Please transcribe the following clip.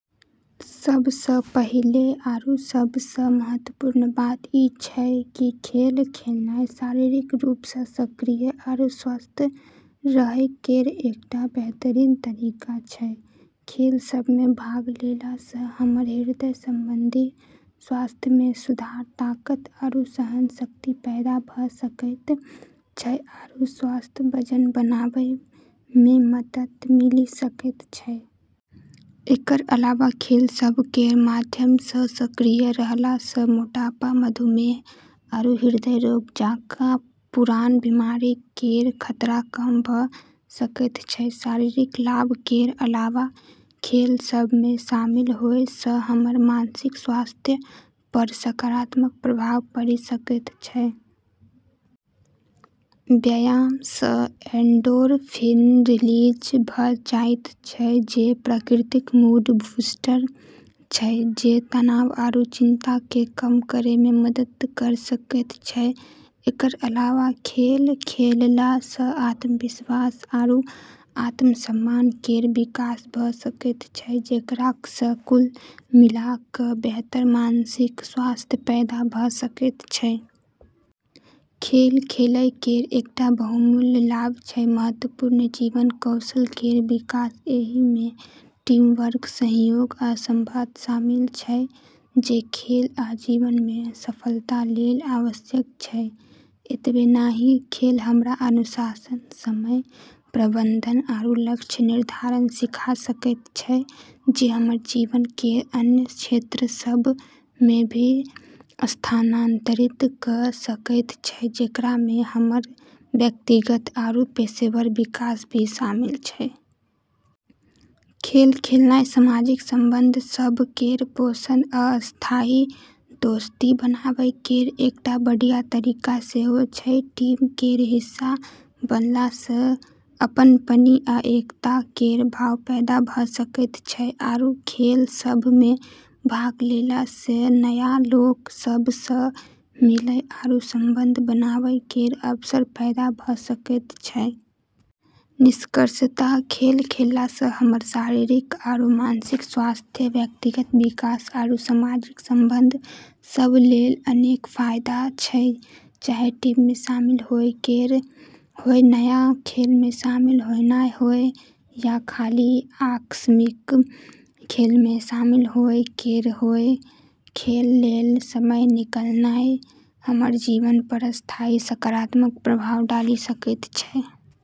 सब सँ पहिले आरू सब सँ महत्वपूर्ण बात ई छै कि खेल खेलनाय शारीरिक रूप सँ सक्रिय आरू स्वस्थ रहै केर एकटा बेहतरीन तरीका छै। खेल सभ मे भाग लेला सँ हमर हृदय संबंधी स्वास्थ्य मे सुधार, ताकत आरू सहनशक्ति पैदा भऽ सकैत छै, आरू स्वस्थ वजन बनाबै मे मदद मिलि सकैत छै। एकर अलावा खेल सभ केर माध्यम सँ सक्रिय रहला सँ मोटापा, मधुमेह, आरू हृदय रोग जकाँ पुरान बीमारी केर खतरा कम भऽ सकैत छै। शारीरिक लाभ केर अलावा खेल सभ मे शामिल होए सँ हमर मानसिक स्वास्थ्य पर सकारात्मक प्रभाव पड़ि सकैत छै। व्यायाम सँ एंडोर्फिन रिलीज भऽ जाइत छै, जे प्राकृतिक मूड-बूस्टर छै जे तनाव आरू चिंता केँ कम करै मे मदद कऽ सकैत छै। एकर अलावा खेल खेलला सँ आत्मविश्वास आरू आत्मसम्मान केर विकास भऽ सकैत छै, जेकरा सँ कुल मिला कऽ बेहतर मानसिक स्वास्थ्य पैदा भऽ सकैत छै। खेल खेलै केर एकटा बहुमूल्य लाभ छै महत्वपूर्ण जीवन कौशल केर विकास। एहि मे टीम वर्क, सहयोग, आ संवाद शामिल छै जे खेल आ जीवन मे सफलता लेल आवश्यक छै। एतबे नहि, खेल हमरा अनुशासन, समय प्रबंधन, आरू लक्ष्य निर्धारण सिखा सकैत छै, जे हमर जीवन केर अन्य क्षेत्र सभ मे भी स्थानांतरित कऽ सकैत छै, जेकरा मे हमर व्यक्तिगत आरू पेशेवर विकास भी शामिल छै। खेल खेलनाय सामाजिक संबंध सभ केर पोषण आ स्थायी दोस्ती बनाबै केर एकटा बढ़िया तरीका सेहो छै। टीम केर हिस्सा बनला सँ अपनपनि आ एकता केर भाव पैदा भऽ सकैत छै, आरू खेल सभ मे भाग लेला सँ नया लोक सभ सँ मिलै आरू संबंध बनाबै केर अवसर पैदा भऽ सकैत छै। निष्कर्षतः, खेल खेलला सँ हमर शारीरिक आरू मानसिक स्वास्थ्य, व्यक्तिगत विकास, आरू सामाजिक संबंध सभ लेल अनेक फायदा छै। चाहे टीम मे शामिल होए केर होय, नया खेल मे शामिल होनाय होय, या खाली आकस्मिक खेल मे शामिल होए केर होय, खेल लेल समय निकालनाय हमर जीवन पर स्थायी सकारात्मक प्रभाव डालि सकैत छै।